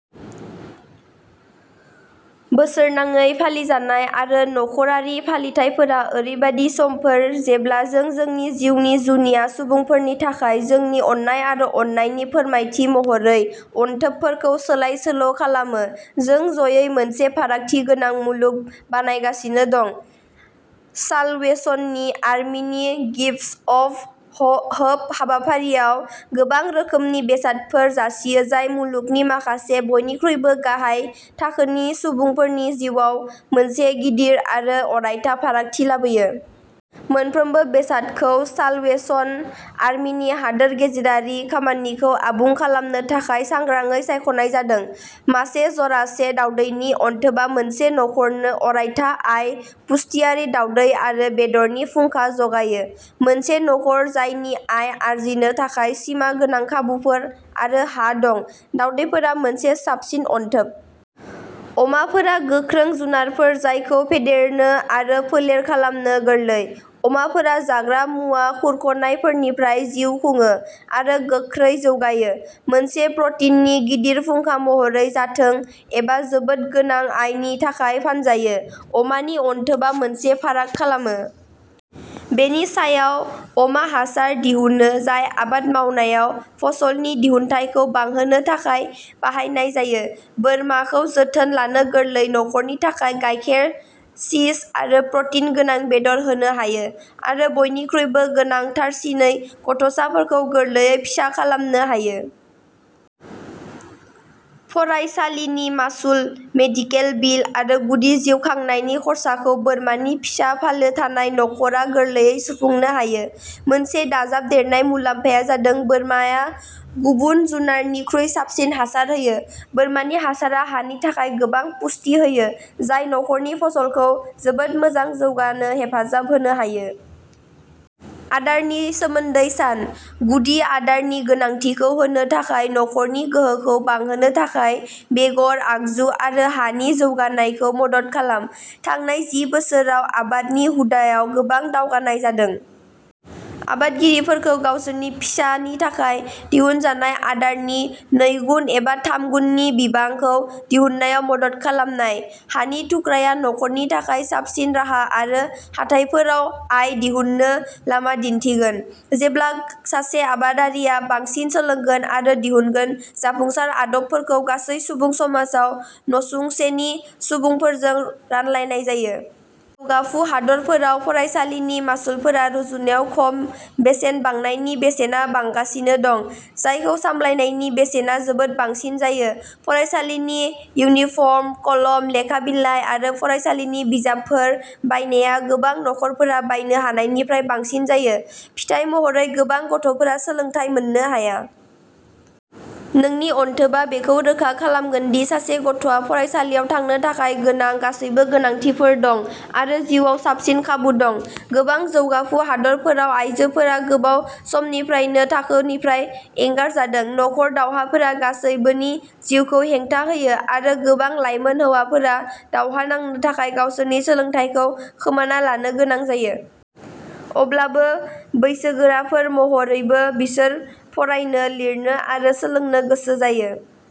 बोसोरनाङै फालिजानाय आरो नखरारि फालिथायफोरा ओरैबायदि समफोर जेब्ला जों जोंनि जिउनि जुनिया सुबुंफोरनि थाखाय जोंनि अननाय आरो अननायनि फोरमायथि महरै अनथोबफोरखौ सोलाय-सोल' खालामो। जों जयै मोनसे फारागथि गोनां मुलुग बानायगासिनो दं। साल्वेसन आर्मीनि गिफ्ट्स अफ होप हाबाफारिया गोबां रोखोमनि बेसादफोर जासियो जाय मुलुगनि माखासे बयनिख्रुइबो गाहाय थाखोनि सुबुंफोरनि जिउआव मोनसे गिदिर आरो अरायथा फारागथि लाबोयो। मोनफ्रोमबो बेसादखौ साल्वेसन आर्मीनि हादोर गेजेरारि खामानिखौ आबुं खालामनो थाखाय सांग्राङै सायख'नाय जादों। मासे जरासे दावदैनि अनथोबआ मोनसे नखरनो अरायथा आय, पुष्टियारि दावदै आरो बेदरनि फुंखा जगायो। मोनसे नखर जायनि आय आर्जिनो थाखाय सिमा गोनां खाबुफोर आरो हा दं, दावदैफोरा मोनसे साबसिन अनथोब। अमाफोरा गोख्रों जुनारफोर जायखौ फेदेरनो आरो फोलेर खालामनो गोरलै। अमाफोरा जाग्रा मुवा खुरख'नायफोरनिफ्राय जिउ खुङो आरो गोख्रै जौगायो। मोनसे प्रटिननि गिदिर फुंखा महरै जाथों एबा जोबोद गोनां आयनि थाखाय फानजायो, अमा नि अनथोब आ मोनसे फाराग खालामो। बेनि सायाव अमा हासार दिहुनो, जाय आबाद मावनायाव फसल नि दिहुनथाइ खौ बांहोनो थाखाय बाहायनाय जायो। बोरमा खौ जोथोन लानो गोरलै, नखरनि थाखाय गायखेर, चीज आरो प्रटिन गोनां बेदर होनो हायो, आरो बयनिख्रुइबो गोनांथारसिनै गथ'साफोरखौ गोरलैयै फिसा खालामनो हायो। फरायसालि नि मासुल, मेडिकेल बिल आरो गुदि जिउ खांनायनि खर्साखौ बोरमा नि फिसा फालो थानाय नखर आ गोरलैयै सुफुंनो हायो। मोनसे दाजाबदेरनाय मुलाम्फाया जादों बोरमा आ गुबुन जुनार निख्रुइ साबसिन हासार होयो। बोरमा नि हासारा हानि थाखाय गोबां पुष्टि होयो, जाय नखर नि फसल खौ जोबोद मोजां जौगानो हेफाजाब होनो हायो। आदार नि सोमोन्दै सान। गुदि आदार नि गोनांथि खौ होनो थाखाय नखर नि गोहोखौ बांहोनो थाखाय बेगर, आगजु आरो हा नि जौगानाय खौ मदद खालाम। थांनाय जि बोसोर आव आबाद नि हुदा आव गोबां दावगानाय जादों। आबादारिफोरखौ गावसोरनि फिसा नि सायाव दिहुनजानाय आदार नि नैगुन एबा थाम गुन नि बिबां खौ दिहुन्नायाव मदद खालामनाय। हानि थुख्राआ नखरनि थाखाय साबसिन राहा आरो हाथाइफोराव आय दिहुन्नो लामा दिन्थिगोन। जेब्ला सासे आबादारिया बांसिन सोलोंगोन आरो दिहुनगोन जाफुंसार आदबफोरखौ गासै सुबुं समाजाव नसुंसेनि सुबुंफोरजों रानलायनाय जायो। जौगाफु हादोरफोराव फरायसालिनि मासुलफोरा रुजुनायाव खम, बेसेन बांनायनि बेसेना बांगासिनो दं, जायजों सामलायनायनि बेसेना जोबोद बांसिन जायो। फरायसालिनि इउनिफर्म, कलम, लेखा बिलाइ आरो फरायसालिनि बिजाबफोर बायनाया गोबां नखरफोरा बायनो हानायनिफ्राय बांसिन जायो। फिथाय महरै, गोबां गथ'फोरा सोलोंथाय मोननो हाया। नोंनि अनथोबआ बेखौ रोखा खालामगोन दि सासे गथ'आ फरायसालियाव थांनो थाखाय गोनां गासैबो गोनांथिफोर दं आरो जिउआव साबसिन खाबु दं। गोबां जौगाफु हादोरफोराव आयजोफोरा गोबाव समनिफ्रायनो थाखोनिफ्राय एंगारजादों। नखर दावहाफोरा गासैबोनि जिउखौ हेंथा होयो, आरो गोबां लाइमोन हौवाफोरा दावहा नांनो थाखाय गावसोरनि सोलोंथायखौ खोमाना लानो गोनां जायो। अब्लाबो, बैसोगोराफोर महरैबो बिसोर फरायनो, लिरनो आरो सोलोंनो गोसो जायो।